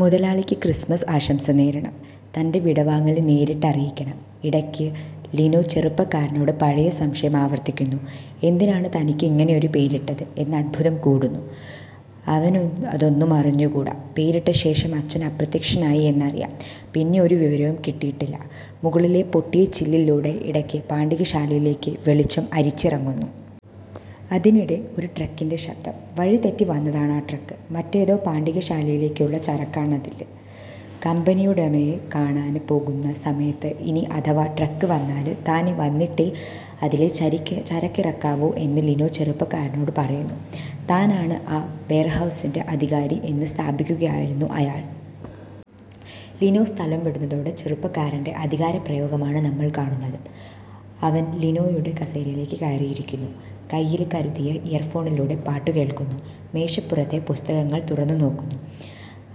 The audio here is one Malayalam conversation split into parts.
മുതലാളിക്ക് ക്രിസ്മസ് ആശംസ നേരണം. തന്റെ വിടവാങ്ങല് നേരിട്ട് അറിയിക്കണം. ഇടയ്ക്ക് ലിനോ ചെറുപ്പക്കാരനോട് പഴയ സംശയം ആവര്ത്തിക്കുന്നു. എന്തിനാണ് തനിക്ക് ഇങ്ങനെയൊരു പേരിട്ടത് എന്ന് അത്ഭുതം കൂറുന്നു. അവനതൊന്നും അറിഞ്ഞൂടാ. പേരിട്ടശേഷം അച്ഛന് അപ്രത്യക്ഷനായി എന്നറിയാം. പിന്നെ ഒരു വിവരവും കിട്ടിയിട്ടില്ല. മുകളിലെ പൊട്ടിയ ചില്ലിലൂടെ ഇടയ്ക്ക്് പാണ്ടികശാലയിലേക്ക് വെളിച്ചം അരിച്ചിറങ്ങുന്നു. അതിനിടെ ഒരു ട്രക്കിന്റെ ശബ്ദം. വഴി തെറ്റി വന്നതാണ് ആ ട്രക്ക്. മറ്റേതോ പാണ്ടികശാലയിലേക്കുള്ള ചരക്കാണതില്. കമ്പനിയുടമയെ കാണാന് പോകുന്ന സമയത്ത് ഇനി അഥവാ ട്രക്ക് വന്നാല് താന് വന്നിട്ടേ അതിലെ ചരക്കിറക്കാവൂ എന്ന് ലിനോ ചെറുപ്പക്കാരനോട് പറയുന്നു. താനാണ് ആ വേര്ഹൗസിന്റെ അധികാരി എന്ന് സ്ഥാപിക്കുകയായിരുന്നു അയാള്. ലിനോ സ്ഥലം വിടുന്നതോടെ ചെറുപ്പക്കാരന്റെ അധികാരപ്രയോഗമാണ് നമ്മള് കാണുന്നത്. അവന് ലിനോയുടെ കസേരയില് കയറിയിരിക്കുന്നു. കൈയില് കരുതിയ ഇയര്ഫോണിലൂടെ പാട്ടു കേള്ക്കുന്നു. മേശപ്പുറത്തെ പുസ്തകങ്ങള് തുറന്നുനോക്കുന്നു.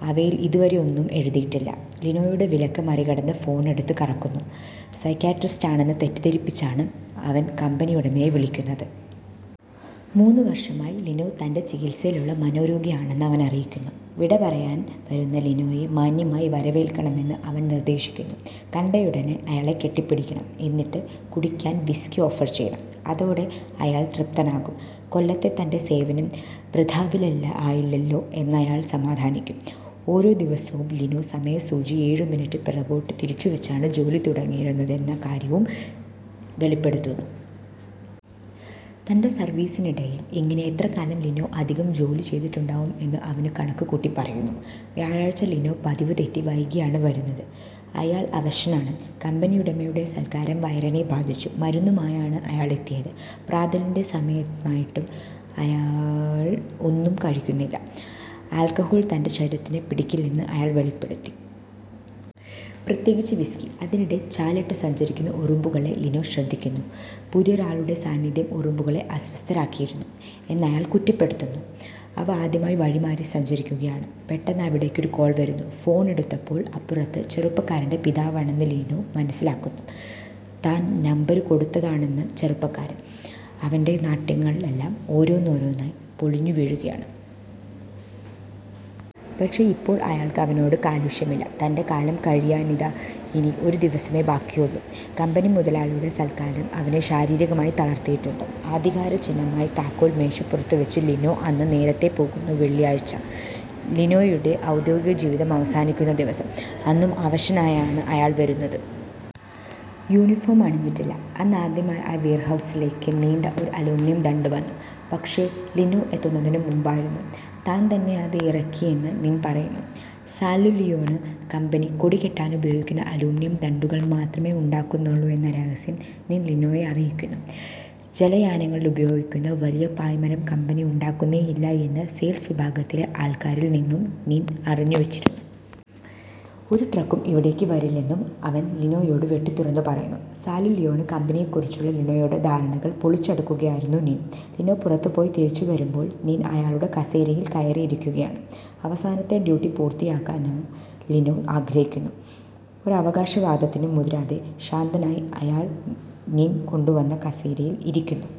അവയില് ഇതുവരെ ഒന്നും എഴുതിയിട്ടില്ല. ലിനോയുടെ വിലക്ക് മറികടന്ന് ഫോണെടുത്ത് കറക്കുന്നു. സൈക്യാട്രിസ്റ്റാണെന്ന് തെറ്റിദ്ധരിപ്പിച്ചാണ് അവന് കമ്പനിയുടമയെ വിളിക്കുന്നത്. മൂന്നു വര്ഷമായി ലിനോ തന്റെ ചികിത്സയിലുള്ള മനോരോഗിയാണെന്ന് അവന് അറിയിക്കുന്നു. വിടപറയാന് വരുന്ന ലിനോയെ മാന്യമായി വരവേല്ക്കണമെന്ന് അവന് നിര്ദേശിക്കുന്നു. കണ്ടയുടനെ അയാളെ കെട്ടിപ്പിടിക്കണം. എന്നിട്ട് കുടിക്കാന് വിസ്കി ഓഫര് ചെയ്യണം. അതോടെ, അയാള് തൃപ്തനാകും. കൊല്ലത്തെ തന്റെ സേവനം വൃഥാവിലായില്ലല്ലോ എന്നയാള് സമാധാനിക്കും. ഓരോ ദിവസവും ലിനോ സമയസൂചി ഏഴു മിനിറ്റ് പിറകോട്ട് തിരിച്ചുവെച്ചാണ് ജോലി തുടങ്ങിയിരുന്നതെന്ന കാര്യവും വെളിപ്പെടുത്തുന്നു. തന്റെ സര്വീസിനിടയില് ഇങ്ങനെ എത്രകാലം ലിനോ അധികം ജോലി ചെയ്തിട്ടുണ്ടാവും എന്ന് അവന് കണക്കുകൂട്ടിപ്പറയുന്നു. വ്യാഴാഴ്ച ലിനോ പതിവുതെറ്റി വൈകിയാണ് വരുന്നത്. അയാള് അവശനാണ്. കമ്പനിയുടമയുടെ സത്ക്കാരം വയറിനെ ബാധിച്ചു. മരുന്നുമായാണ് അയാള് എത്തിയത്. പ്രാതലിന്റെ സമയമായിട്ടും അയാള് ഒന്നും കഴിക്കുന്നില്ല. ആല്ക്കഹോള് തന്റെ ശരീരത്തിന് പിടിക്കില്ലെന്ന് അയാള് വെളിപ്പെടുത്തുന്നു. പ്രത്യേകിച്ച്, വിസ്കി. അതിനിടെ ചാലിട്ട് സഞ്ചരിക്കുന്ന ഉറുമ്പുകളെ ലിനോ ശ്രദ്ധിക്കുന്നു. പുതിയൊരാളുടെ സാന്നിധ്യം ഉറുമ്പുകളെ അസ്വസ്ഥരാക്കിയിരിക്കുന്നു എന്നയാള് കുറ്റപ്പെടുത്തുന്നു. അവ ആദ്യമായി വഴിമാറി സഞ്ചരിക്കുകയാണ്. പെട്ടെന്ന് അവിടേക്ക് ഒരു കോള് വരുന്നു. ഫോണെടുത്തപ്പോള് അപ്പുറത്ത് ചെറുപ്പക്കാരന്റെ പിതാവാണെന്ന് ലിനോ മനസ്സിലാക്കുന്നു. താന് നമ്പര് കൊടുത്തതാണെന്ന് ചെറുപ്പക്കാരന്. അവന്റെ നാട്യങ്ങളെല്ലാം ഓരോന്നായി പൊളിഞ്ഞു വീഴുകയാണ്. പക്ഷേ, ഇപ്പോള് അയാള്ക്ക് അവനോട് കാലുഷ്യമില്ല. തന്റെ കാലം കഴിയാന് ഇതാ ഇനി ഒരു ദിവസമേ ബാക്കിയുള്ളു. കമ്പനി മുതലാളിയുടെ സത്കാരം അയാളെ ശാരീരികമായി തളര്ത്തിയിട്ടുണ്ട്. അധികാരചിഹ്നമായ താക്കോല് മേശപ്പുറത്ത് വെച്ച് ലിനോ അന്ന് നേരത്തേ പോകുന്നു. വെള്ളിയാഴ്ച. ലിനോയുടെ ഔദ്യോഗിക ജീവിതം അവസാനിക്കുന്ന ദിവസം. അന്നും അവശനായാണ് അയാള് വരുന്നത്. യൂണിഫോം അണിഞ്ഞിട്ടില്ല. അന്നാദ്യമായി ആ വേര്ഹൗസിലേക്ക് നീണ്ട ഒരു അലൂമിനിയം ദണ്ഡ് വന്നു. പക്ഷേ, ലിനോ എത്തുന്നതിനും മുമ്പായിരുന്നു. താന്തന്നെ അത് ഇറക്കിയെന്ന് നിന് പറയുന്നു. സാല്വലിയോണ് കമ്പനി കൊടി കെട്ടാനുപയോഗിക്കുന്ന അലൂമിനിയം ദണ്ഡുകള് മാത്രമേ ഉണ്ടാക്കുന്നുള്ളു എന്ന രഹസ്യം നിന് ലിനോയെ അറിയിക്കുന്നു. ജലയാനങ്ങളില് ഉപയോഗിക്കുന്ന വലിയ പായ്മരം കമ്പനി ഉണ്ടാക്കുന്നേയില്ല എന്ന് സെയില്സ് വിഭാഗത്തിലെ ആള്ക്കാരില് നിന്നും നിന് അറിഞ്ഞുവെച്ചിരുന്നു. ഒരു ട്രക്കും ഇവിടേക്ക് വരില്ലെന്നും അവന് ലിനോയോട് വെട്ടിത്തുറന്നു പറയുന്നു. സാല്വലിയോണ് കമ്പനിയെക്കുറിച്ചുള്ള ലിനോയുടെ ധാരണകള് പൊളിച്ചടുക്കുകയായിരുന്നു നിന്. ലിനോ പുറത്തുപോയി തിരിച്ചുവരുമ്പാള് നിന് അയാളുടെ കസേരയില് കയറി ഇരിക്കുകയാണ്. അവസാനത്തെ ഡ്യൂട്ടി പൂര്ത്തിയാക്കാന് ലിനോ ആഗ്രഹിക്കുന്നു. ഒരവകാശവാദത്തിനും മുതിരാതെ ശാന്തനായി അയാള് നിന് കൊണ്ടുവന്ന കസേരയില് ഇരിക്കുന്നു.